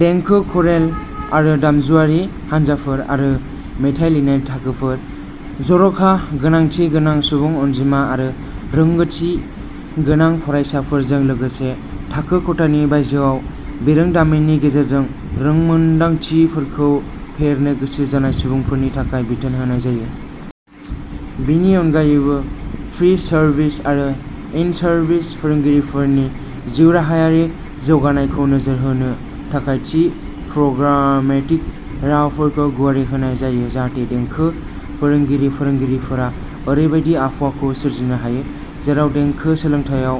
देंखो, क'रेल आरो दामजुआरि हानजाफोर, आरो मेथाइ लिरनाय थाखोफोर। जर'खा गोनांथि गोनां सुबुं अनजिमा आरो रोंग'थि गोनां फरायसाफोरजों लोगोसे थाखो खथानि बायजोआव बिरोंदामिननि गेजेरजों रोंमोनदांथिफोरखौ फेहेरनो गोसो जानाय सुबुंफोरनि थाखाय बिथोन होनाय जायो। बेनि अनगायैबो, प्रि-सार्भिस आरो इन-सार्भिस फोरोंगिरिफोरनि जिउराहायारि जौगानायखौ नोजोर होनो थाखाय थि प्रग्रामेटिक रावफोरखौ गुवारै होनाय जायो जाहाथे देंखो फोरोंगिरि-फोरोंगिरिफोरा ओरैबायदि आबहावाखौ सोरजिनो हायो जेराव देंखो सोलोंथायाव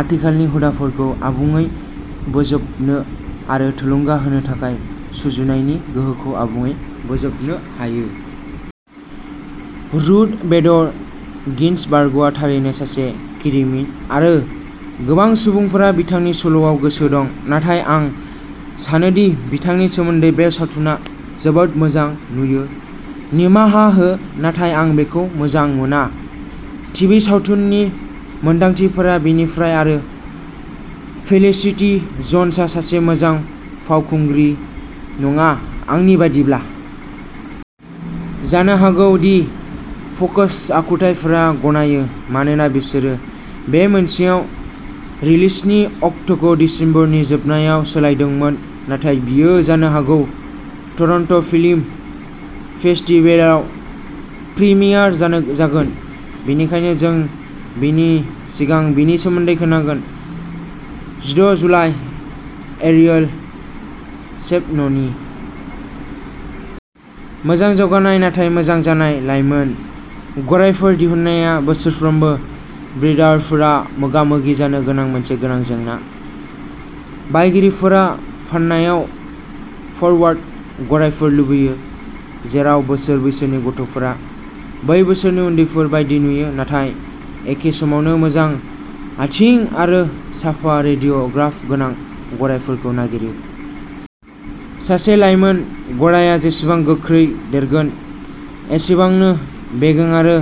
आथिखालनि हुदाफोरखौ आबुंयै बोजबनो आरो थुलुंगा होनो थाखाय सुजुनायनि गोहोखौ आबुङै बोजबनो हायो। रुथ बेडर गिन्सबार्गआ थारैनो सासे खिरिमिन, आरो गोबां सुबुंफोरा बिथांनि सल'आव गोसो दं, नाथाय आं सानो दि बिथांनि सोमोन्दै बे सावथुना जोबोद मोजां नुयो। निमाहा हो, नाथाय आं बेखौ मोजां मोना, टिभि सावथुननि मोनदांथिफोरा बेनिफ्राय आरो फेलिसिटी जन्सआ सासे मोजां फावखुंग्रि नङा, आंनि बायदिब्ला। जानो हागौ दि फोकस आखुथायफोरा गनायो, मानोना बिसोरो बे मोनसेयाव रिलिजनि अक्ट'खौ दिसेम्बरनि जोबनायाव सोलायदोंमोन, नाथाय बेयो जानो हागौ टरन्ट'फिल्म फेस्टिभेलआव प्रीमियार जागोन, बेनिखायनो जों बेनि सिगां बेनि सोमोन्दै खोनागोन। जिद' जुलाइ, एरियल शेभ'ननि। मोजां जौगानाय नाथाय मोजां जानाय लायमोन गरायफोर दिहुननाया बोसोरफ्रोमबो ब्रिडारफोरा मोगा-मोगि जानो गोनां मोनसे गोनां जेंना। बायगिरिफोरा फान्नायाव फरवार्ड गरायफोर लुबैयो, जेराव बोसोर बैसोनि गथ'फोरा बै बोसोरनि उन्दैफोर बायदि नुयो नाथाय एखे समावनो मोजां आथिं आरो साफा रेडिय'ग्राफ गोनां गरायफोरखौ नागिरो। सासे लायमोन गरायआ जेसेबां गोख्रै देरगोन, एसेबांनो बेगें आरो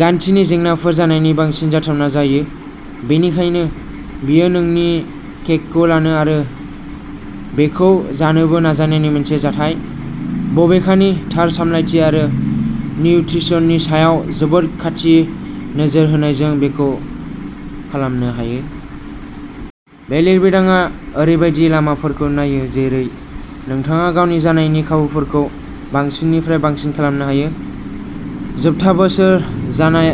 गान्थिनि जेंनाफोर जानायनि बांसिन जाथावना जायो, बेनिखायनो बेयो नोंनि केकखौ लानो आरो बेखौ जानोबो नाजानायनि मोनसे जाथाय। बबेखानि, थार सामलायथि आरो निउत्रिसननि सायाव जोबोद खाथि नोजोर होनायजों बेखौ खालामनो हायो। बे लिरबिदांआ ओरैबायदि लामाफोरखौ नायो जेरै नोंथाङा गावनि जानायनि खाबुफोरखौ बांसिननिफ्राय बांसिन खालामनो हायो। जोबथा बोसोर जानाय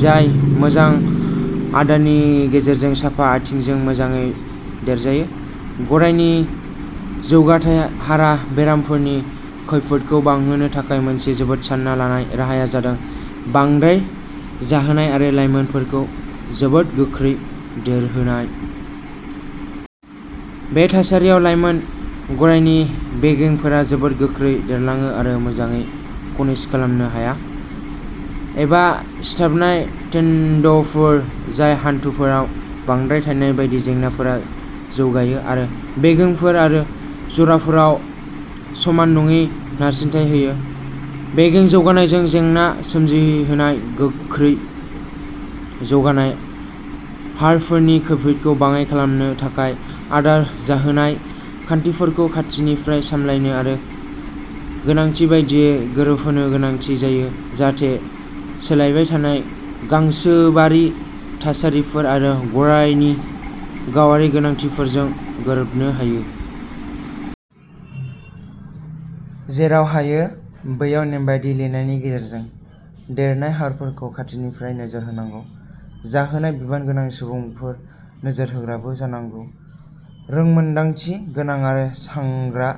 जाय मोजां आदारनि गेजेरजों साफा आथिंजों मोजाङै देरजायो। गरायनि जौगाथाय हारा बेरामफोरनि खैफोदखौ बांहोनो थाखाय मोनसे जोबोद सान्ना लानाय राहाया जादों बांद्राय जाहोनाय आरो लाइमोनफोरखौ जोबोद गोख्रै देरहोनाय। बे थासारियाव लाइमोन गरायनि बेगेंफोरा जोबोद गोख्रै देरलाङो आरो मोजाङै खनिज खालामनो हाया, एबा सिथाबनाय टेन्डनफोर आरो हान्थुफोराव बांद्राय थानाय बायदि जेंनाफोरा जौगायो आरो बेगेंफोर आरो जराफोराव समान नङि नारसिनथाय होयो। बेगें जौगानायजों जेंना सोमजिहोनाय गोख्रै जौगानाय हारफोरनि खैफोदखौ बाङाइ खालामनो थाखाय, आदार जाहोनाय खान्थिफोरखौ खाथिनिफ्राय सामलायनो आरो गोनांथि बायदियै गोरोबहोनो गोनांथि जायो जाहाथे सोलायबाय थानाय गांसोबारि थासारिफोर आरो गरायनि गावारि गोनांथिफोरजों गोरोबनो हायो। जेराव हायो बैयाव नेमबादि लिरनायनि गेजेरजों देरनाय हारफोरखौ खाथिनिफ्राय नोजोर होनांगौ। जाहोनाय बिबान गोनां सुबुंफोरा नोजोर होग्राबो जानांगौ, रोंमोनदांथि गोनां आरो सांग्रा,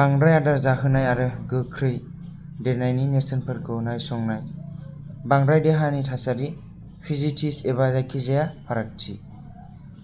बांद्राय आदार जाहोनाय आरो गोख्रै देरनायनि नेरसोनफोरखौ नायसंनाय, बांद्राय देहानि थासारि, फिजिटिस एबा जायखिजाया फारागथि।